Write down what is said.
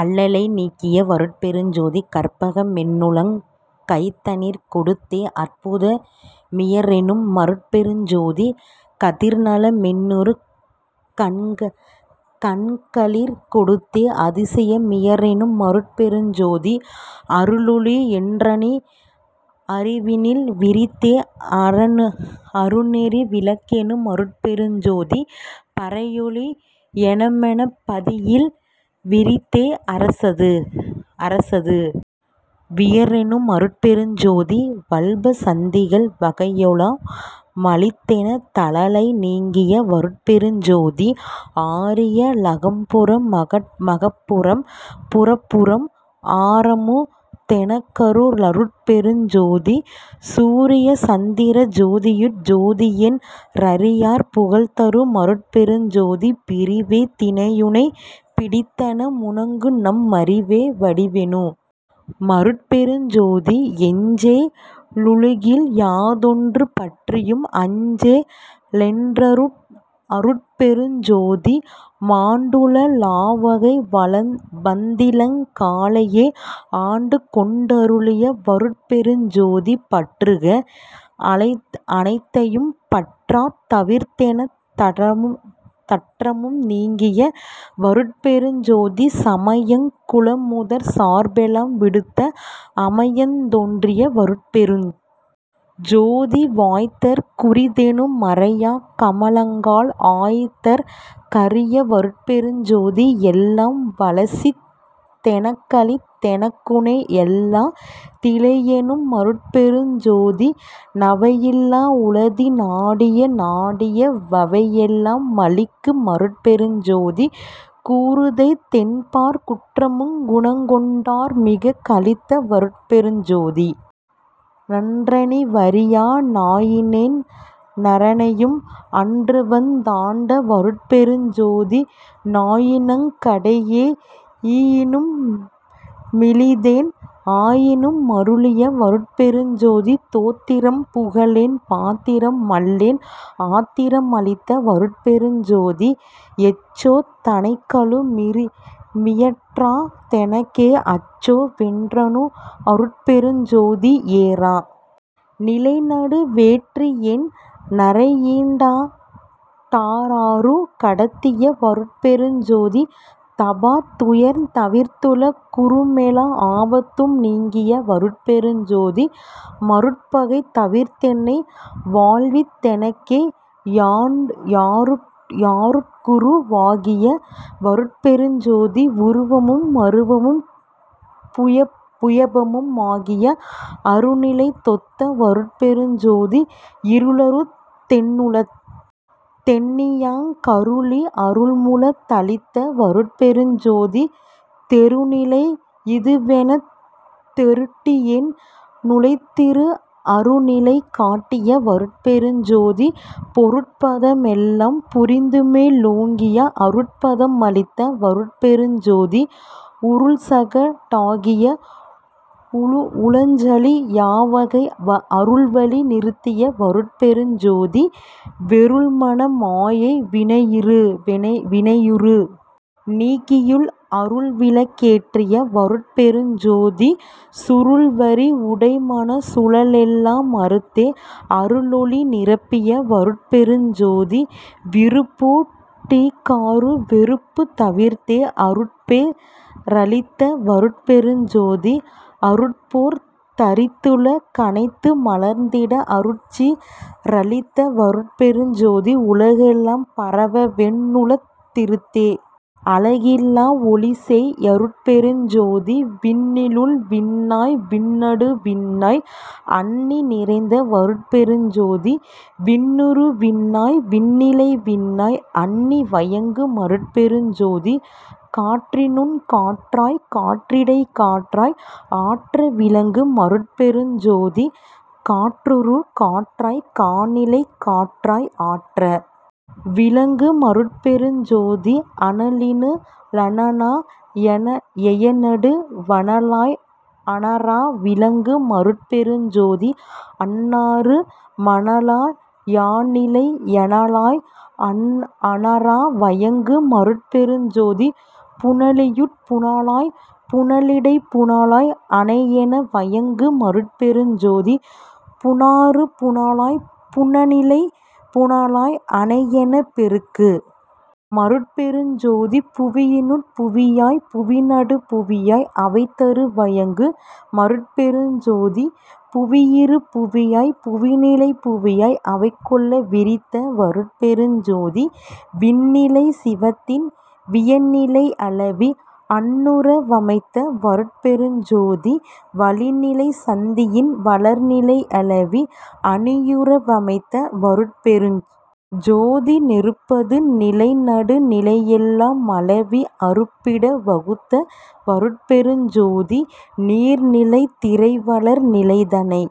அல்லலை நீக்கிய வருட்பெருஞ் ஜோதி கற்பக மென்னுளங் கைதனிற் கொடுத்தே அற்புத மியற்றெனு மருட்பெருஞ் ஜோதி கதிர்நல மென்னிரு கண்களிற் கொடுத்தே அதிசய மியற்றெனு மருட்பெருஞ் ஜோதி அருளொளி யென்றனி யறிவினில் விரித்தே அருணெறி விளக்கெனு மருட்பெருஞ் ஜோதி பரையொளி யென்மனப் பதியினில் விரித்தே அரசது வியற்றெனு மருட்பெருஞ் ஜோதி வல்லப சத்திகள் வகையெலா மளித்தென தல்லலை நீக்கிய வருட்பெருஞ் ஜோதி ஆரிய லகம்புற மகப்புறம் புறப்புறம் ஆரமு தெனக்கரு ளருட்பெருஞ் ஜோதி சூரிய சந்திர ஜோதியுட் ஜோதியென் றாரியர் புகழ்தரு மருட்பெருஞ் ஜோதி பிறிவே தினியுனைப் பிடித்தன முனக்குநம் மறிவே வடிவெனு மருட்பெருஞ் ஜோதி எஞ்சே லுகினில் யாதொன்று பற்றியும் அஞ்சே லென்றரு ளருட்பெருஞ் ஜோதி மாண்டுழ லாவகை வந்திளங் காலையே ஆண்டுகொண் டருளிய வருட்பெருஞ் ஜோதி பற்றுக ளனைத்தையும் பற்றறத் தவிர்த்தென தற்றமு நீக்கிய வருட்பெருஞ் ஜோதி சமயங் குலமுதற் சார்பெலாம் விடுத்த அமயந் தோன்றிய வருட்பெருஞ் ஜோதி வாய்தற் குரித்தெனு மறையா கமங்களால் ஆய்தற் கரிய வருட்பெருஞ் ஜோதி எல்லாம் வல்லசித் தெனக்களித் தெனக்குனை யல்லா திலையெனும் மருட்பெருஞ் ஜோதி நவையிலா வுளத்தி னாடிய நாடிய வவையெலா மளிக்கு மருட்பெருஞ் ஜோதி கூற்றுதைத் தென்பாற் குற்றமுங் குணங்கொண் டாற்றன்மிக் களித்த வருட்பெருஞ் ஜோதி நன்றறி வறியா நாயினேன் றனையும் அன்றுவந் தாண்ட வருட்பெருஞ் ஜோதி நாயினுங் கடையே னீயினு மிழிந்தேன் ஆயினு மருளிய வருட்பெருஞ் ஜோதி தோத்திரம் புகலேன் பாத்திர மல்லேன் ஆத்திர மளித்த வருட்பெருஞ் ஜோதி எச்சோ தனைகளு மியற்றா தெனக்கே அச்சோ வென்றரு ளருட்பெருஞ் ஜோதி ஏறா நிலைநடு வேற்றியென் றனையீண் டாறாறு கடத்திய வருட்பெருஞ் ஜோதி தாபத் துயரந் தவிர்த்துல குறுமெலா ஆபத்தும் நீக்கிய வருட்பெருஞ் ஜோதி மருட்பகை தவிர்த்தெனை வாழ்வித் தெனக்கே யருட்குரு வாகிய வருட்பெருஞ் ஜோதி உருவமு மருவமு முபயமு மாகிய அருணிலை தொத்த வருட்பெருஞ் ஜோதி இருளறுத் தென்னுளத் தெண்ணியாங் கருளி அருளமு தளித்த வருட்பெருஞ் ஜோதி தெருணிலை யிதுவெனத் தெருட்டியென் னுளத்திருந் அருணிலை காட்டிய வருட்பெருஞ் ஜோதி பொருட்பத மெல்லாம் புரிந்துமே லோங்கிய அருட்பத மளித்த வருட்பெருஞ் ஜோதி உருள்சக டாகிய வுளஞ்சலி யாவகை அருள்வழி நிறுத்திய வருட்பெருஞ் ஜோதி வெருள்மன மாயை வினையிரு ணீக்கியுள் அருள்விளக் கேற்றிய வருட்பெருஞ் ஜோதி சுருள்விரி வுடைமனச் சுழலெலா மறுத்தே அருளொளி நிரப்பிய வருட்பெருஞ் ஜோதி விருப்போ டிகாறு வெறுப்புந் தவிர்த்தே அருட்பே றளித்த வருட்பெருஞ் ஜோதி அருட்பேர் தரித்துல கனைத்து மலர்ந்திட அருட்சீ ரளித்த வருட்பெருஞ் ஜோதி உலகெலாம் பரவவென் னுள்ளத் திருந்தே அலகிலா வொளிசெய் யருட்பெருஞ் ஜோதி விண்ணினுள் விண்ணாய் விண்ணடு விண்ணாய் அண்ணி நிறைந்த வருட்பெருஞ் ஜோதி விண்ணுறு விண்ணாய் விண்ணிலை விண்ணாய் அண்ணி வயங்கு மருட்பெருஞ் ஜோதி காற்றினுட் காற்றாய்க் காற்றிடைக் காற்றாய் ஆற்ற விளங்கு மருட்பெருஞ் ஜோதி காற்றுறு காற்றாய்க் கானிலைக் காற்றாய் ஆற்ற விளங்கு மருட்பெருஞ் ஜோதி அனலினு ளனலா யனனடு வனலாய் அனாற விளங்கு மருட்பெருஞ் ஜோதி அனாறு மனலா யனனிலை யனலாய் அனாற வயங்கு மருட்பெருஞ் ஜோதி புனலினுட் புனலாய்ப் புனலிடைப் புனலாய் அனையென வயங்கு மருட்பெருஞ் ஜோதி புனாறு புனலாய்ப் புனனிலைப் புனலாய் அனையெனப் பெருகு மருட்பெருஞ் ஜோதி புவியினுட் புவியாய்ப் புவிநடுப் புவியாய் அவைதர வயங்கு மருட்பெருஞ் ஜோதி புவியுறு புவியாய்ப் புவிநிலைப் புவியாய் அவைகொள விரிந்த வருட்பெருஞ் ஜோதி விண்ணிலை சிவத்தின் வியனிலை யளவி அண்ணுற வமைத்த வருட்பெருஞ் ஜோதி வளிநிலை சத்தியின் வளர்நிலை யளவி அளியுற வமைத்த வருட்பெருஞ் ஜோதி நெருப்பது நிலைநடு நிலையெலா மளவி அருப்பிட வகுத்த வருட்பெருஞ் ஜோதி நீர்நிலை திரைவளர் நிலைதனை